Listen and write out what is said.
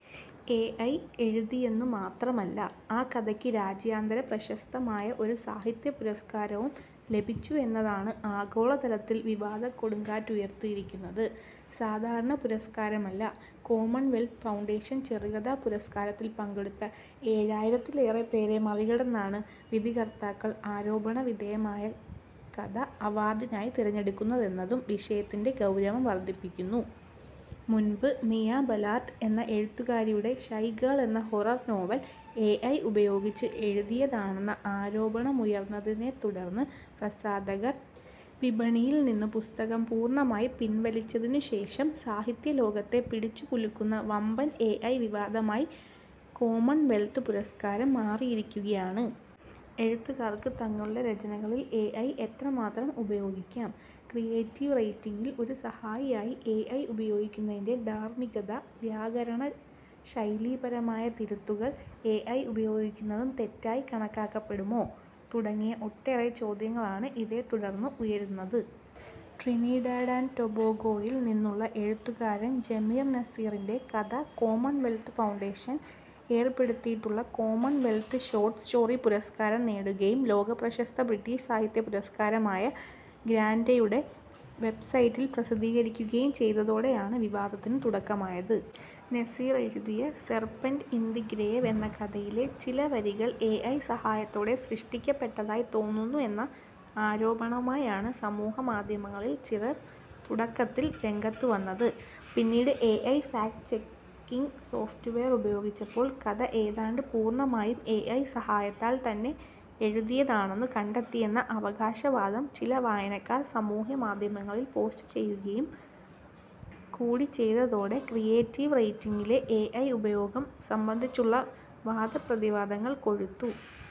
AI കഥയെഴുതിയെന്നു മാത്രമല്ല, ആ കഥയ്ക്ക് രാജ്യാന്തര പ്രശസ്തമായ ഒരു സാഹിത്യപുരസ്കാരവും ലഭിച്ചുവെന്നതാണ് ആഗോളതലത്തിൽ വിവാദക്കൊടുങ്കാറ്റുയർത്തിയിരിക്കുന്നത്. സാധാരണ പുരസ്കാരമല്ല, കോമൺവെൽത്ത് ഫൗണ്ടേഷൻ ചെറുകഥാ പുരസ്കാരത്തിൽ പങ്കെടുത്ത ഏഴായിരത്തിലേറെപ്പേരെ മറികടന്നാണ് വിധികർത്താക്കൾ ആരോപണവിധേയമായ കഥ അവാർഡിനായി തിരഞ്ഞെടുത്തതെന്നതും വിഷയത്തിന്റെ ഗൗരവം വർധിപ്പിക്കുന്നു. മുൻപ് മിയ ബലാർഡ് എന്ന എഴുത്തുകാരിയുടെ 'ഷൈ ഗേൾ' എന്ന ഹൊറർ നോവൽ എഐ ഉപയോഗിച്ച് എഴുതിയതാണെന്ന ആരോപണമുയർന്നതിനെത്തുടർന്നു പ്രസാധകർ വിപണിയിൽ നിന്നു പുസ്തകം പൂർണമായി പിൻവലിച്ചതിനു ശേഷം സാഹിത്യലോകത്തെ പിടിച്ചുകുലുക്കുന്ന വമ്പൻ എഐ വിവാദമായി കോമൺവെൽത്ത് പുരസ്കാരം മാറിയിരിക്കുകയാണ്. എഴുത്തുകാർക്ക് തങ്ങളുടെ രചനകളിൽ എഐ എത്രമാത്രം ഉപയോഗിക്കാം, ക്രിയേറ്റീവ് റൈറ്റിങ്ങിൽ ഒരു സഹായിയായി എഐ ഉപയോഗിക്കുന്നതിന്റെ ധാർമികത, വ്യാകരണ, ശൈലീപരമായ തിരുത്തുകൾക്ക് എഐ ഉപയോഗിക്കുന്നതും തെറ്റായി കണക്കാക്കപ്പെടുമോ തുടങ്ങിയ ഒട്ടേറെ ചോദ്യങ്ങളാണ് ഇതേത്തുടർന്ന് ഉയരുന്നത്. ട്രിനിഡാഡ് ആൻഡ് ടൊബാഗോയിൽ നിന്നുള്ള എഴുത്തുകാരൻ ജമീർ നസീറിന്റെ കഥ കോമൺവെൽത്ത് ഫൗണ്ടേഷൻ ഏർപ്പെടുത്തിയിട്ടുള്ള കോമൺവെൽത്ത് ഷോർട് സ്റ്റോറി പുരസ്കാരം നേടുകയും ലോക പ്രശസ്ത ബ്രിട്ടിഷ് സാഹിത്യ പ്രസിദ്ധീകരണമായ ഗ്രാൻറ്റയുടെ വെബ്സൈറ്റിൽ പ്രസിദ്ധീകരിക്കുകയും ചെയ്തതോടെയാണ് വിവാദത്തിന് തുടക്കമായത്. നസീർ എഴുതിയ 'സെർപെന്റ് ഇൻ ദ് ഗ്രോവ്' എന്ന കഥയിലെ ചില വരികൾ എഐ സഹായത്തോടെ സൃഷ്ടിക്കപ്പെട്ടതായി തോന്നുന്നുവെന്ന ആരോപണവുമായാണ് സമൂഹമാധ്യമങ്ങളിൽ ചിലർ തുടക്കത്തിൽ രംഗത്തുവന്നത്. പിന്നീട് എഐ ഫാക്ട് ചെക്കിങ് സോഫ്റ്റ്വെയർ ഉപയോഗിച്ചപ്പോൾ കഥ ഏതാണ്ടു പൂർണമായും എഐ സഹായത്താൽ തന്നെ എഴുതിയതാണെന്നു കണ്ടെത്തിയെന്ന അവകാശവാദം ചില വായനക്കാർ സമൂഹമാധ്യമങ്ങളിൽ പോസ്റ്റ് ചെയ്യുകയും കൂടി ചെയ്തതോടെ ക്രിയേറ്റീവ് റൈറ്റിങ്ങിലെ എഐ ഉപയോഗം സംബന്ധിച്ചുള്ള വാദപ്രതിവാദങ്ങൾ കൊഴുത്തു.